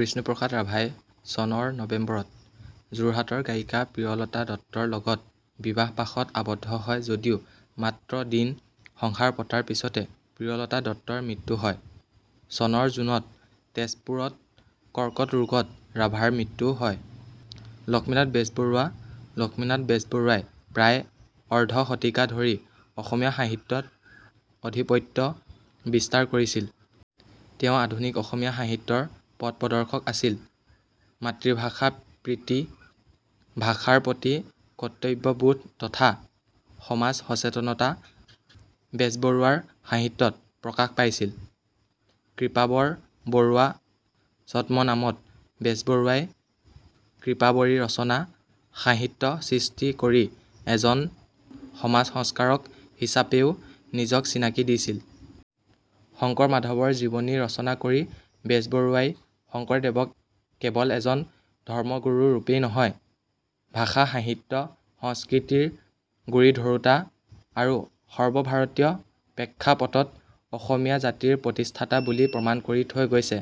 বিষ্ণু প্ৰসাদ ৰাভাই চনৰ নবেম্বৰত যোৰহাটৰ গায়িকা প্ৰিয়লতা দত্তৰ লগত বিবাহপাশত আবদ্ধ হয় যদিও মাত্ৰ দিন সংসাৰ পতাৰ পিছতে প্ৰিয়লতা দত্তৰ মৃত্যু হয়। চনৰ জুনত তেজপুৰত কৰ্কট ৰোগত ৰাভাৰ মৃত্যু হয়। লক্ষ্মীনাথ বেজবৰুৱা লক্ষ্মীনাথ বেজবৰুৱায়ে প্ৰায় অৰ্ধ শতিকা ধৰি অসমীয়া সাহিত্যত আধিপত্য বিস্তাৰ কৰিছিল। তেওঁ আধুনিক অসমীয়া সাহিত্যৰ পথ-প্ৰদৰ্শক আছিল। মাতৃভাষা প্ৰীতি, ভাষাৰ প্ৰতি কৰ্তব্যবোধ তথা সমাজ সচেতনতা বেজবৰুৱাৰ সাহিত্যত প্ৰকাশ পাইছিল। কৃপাবৰ বৰুৱা ছদ্মনামত বেজবৰুৱাই 'কৃপাবৰী ৰচনা' সাহিত্য সৃষ্টি কৰি এজন সমাজ-সংস্কাৰক হিচাপেও নিজক চিনাকি দিছিল। শংকৰ-মাধৱৰ জীৱনী ৰচনা কৰি বেজবৰুৱাই শংকৰদেৱক কেৱল এজন ধৰ্মগুৰু ৰূপেই নহয়, ভাষা-সাহিত্য-সংস্কৃতিৰ গুৰি-ধৰোঁতা আৰু সৰ্বভাৰতীয় প্ৰেক্ষাপটত অসমীয়া জাতিৰ প্ৰতিষ্ঠাতা বুলি প্ৰমাণ কৰি থৈ গৈছে।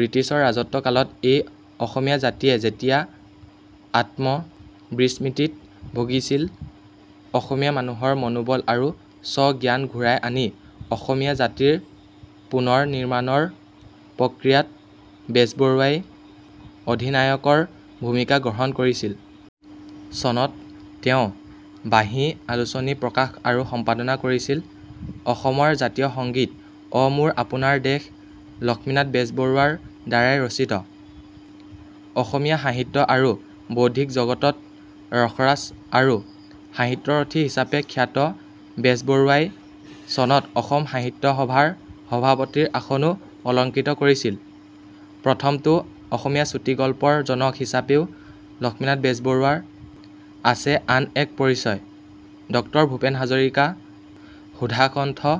বিট্ৰিছৰ ৰাজত্বকালত এই অসমীয়া জাতিয়ে যেতিয়া আত্ম-বিস্মৃতিত ভুগিছিল, অসমীয়া মানুহৰ মনোবল আৰু স্ব-জ্ঞান ঘূৰাই আনি অসমীয়া জাতিৰ পুনৰ নিৰ্মাণৰ প্ৰক্ৰিয়াত বেজবৰুৱাই অধিনায়কৰ ভূমিকা গ্ৰহণ কৰিছিল। চনত তেওঁ 'বাঁহী' আলোচনী প্ৰকাশ আৰু সম্পাদনা কৰিছিল৷অসমৰ জাতীয় সংগীত অ মোৰ আপোনাৰ দেশ লক্ষ্মীনাথ বেজবৰুৱাৰ দ্বাৰাই ৰচিত৷ অসমীয়া সাহিত্য আৰু বৌদ্ধিক জগতত 'ৰসৰাজ' আৰু 'সাহিত্যৰথী' হিচাপে খ্যাত বেজবৰুৱাই চনত অসম সাহিত্য সভাৰ সভাপতিৰ আসনো অলংকৃত কৰিছিল৷প্ৰথমটো অসমীয়া চুটি গল্পৰ জনক হিচাপেও লক্ষ্মীনাথ বেজবৰুৱাৰ আছে আন এক পৰিচয়৷ ড ভূপেন হাজৰিকা সুধাকণ্ঠ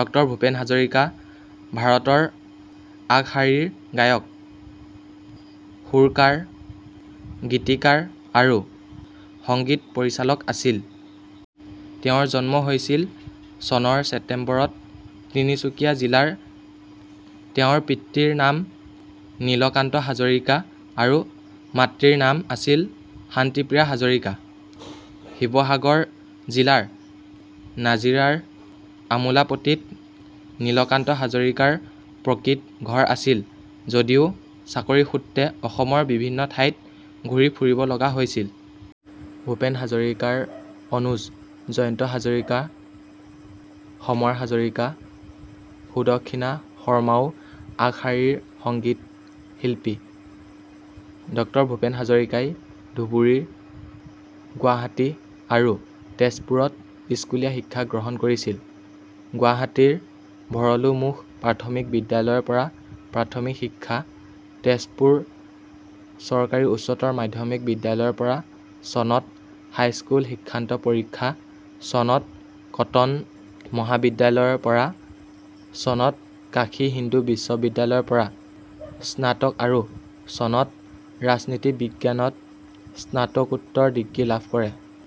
ড ভূপেন হাজৰিকা ভাৰতৰ আগশাৰীৰ গায়ক, সুৰকাৰ, গীতিকাৰ আৰু সংগীত পৰিচালক আছিল। তেওঁৰ জন্ম হৈছিল চনৰ ছেপ্টেম্বৰত তিনিচুকীয়া জিলাৰ তেওঁৰ পিতৃৰ নাম নীলকান্ত হাজৰিকা আৰু মাতৃৰ নাম আছিল শান্তিপ্ৰিয়া হাজৰিকা। শিৱসাগৰ জিলাৰ নাজিৰাৰ আমোলাপট্টিত নীলকান্ত হাজৰিকাৰ প্ৰকৃত ঘৰ আছিল যদিও চাকৰিসূত্ৰে অসমৰ বিভিন্ন ঠাইত ঘূৰি ফুৰিব লগা হৈছিল। ভূপেন হাজৰিকাৰ অনুজ জয়ন্ত হাজৰিকা, সমৰ হাজৰিকা, সুদক্ষিণা শৰ্মাও আগশাৰীৰ সংগীত শিল্পী। ড ভূপেন হাজৰিকাই ধুবুৰী, গুৱাহাটী আৰু তেজপুৰত স্কুলীয়া শিক্ষা গ্ৰহণ কৰিছিল। গুৱাহাটীৰ ভৰলুমুখ প্ৰাথমিক বিদ্যালয়ৰ পৰা প্ৰাথমিক শিক্ষা, তেজপুৰ চৰকাৰী উচ্চতৰ মাধ্যমিক বিদ্যালয়ৰ পৰা চনত হাইস্কুল শিক্ষান্ত পৰীক্ষা, চনত কটন মহাবিদ্যালয়ৰ পৰা, চনত কাশী হিন্দু বিশ্ববিদ্যালয়ৰ পৰা স্নাতক আৰু চনত ৰাজনীতি বিজ্ঞানত স্নাতকোত্তৰ ডিগ্ৰী লাভ কৰে।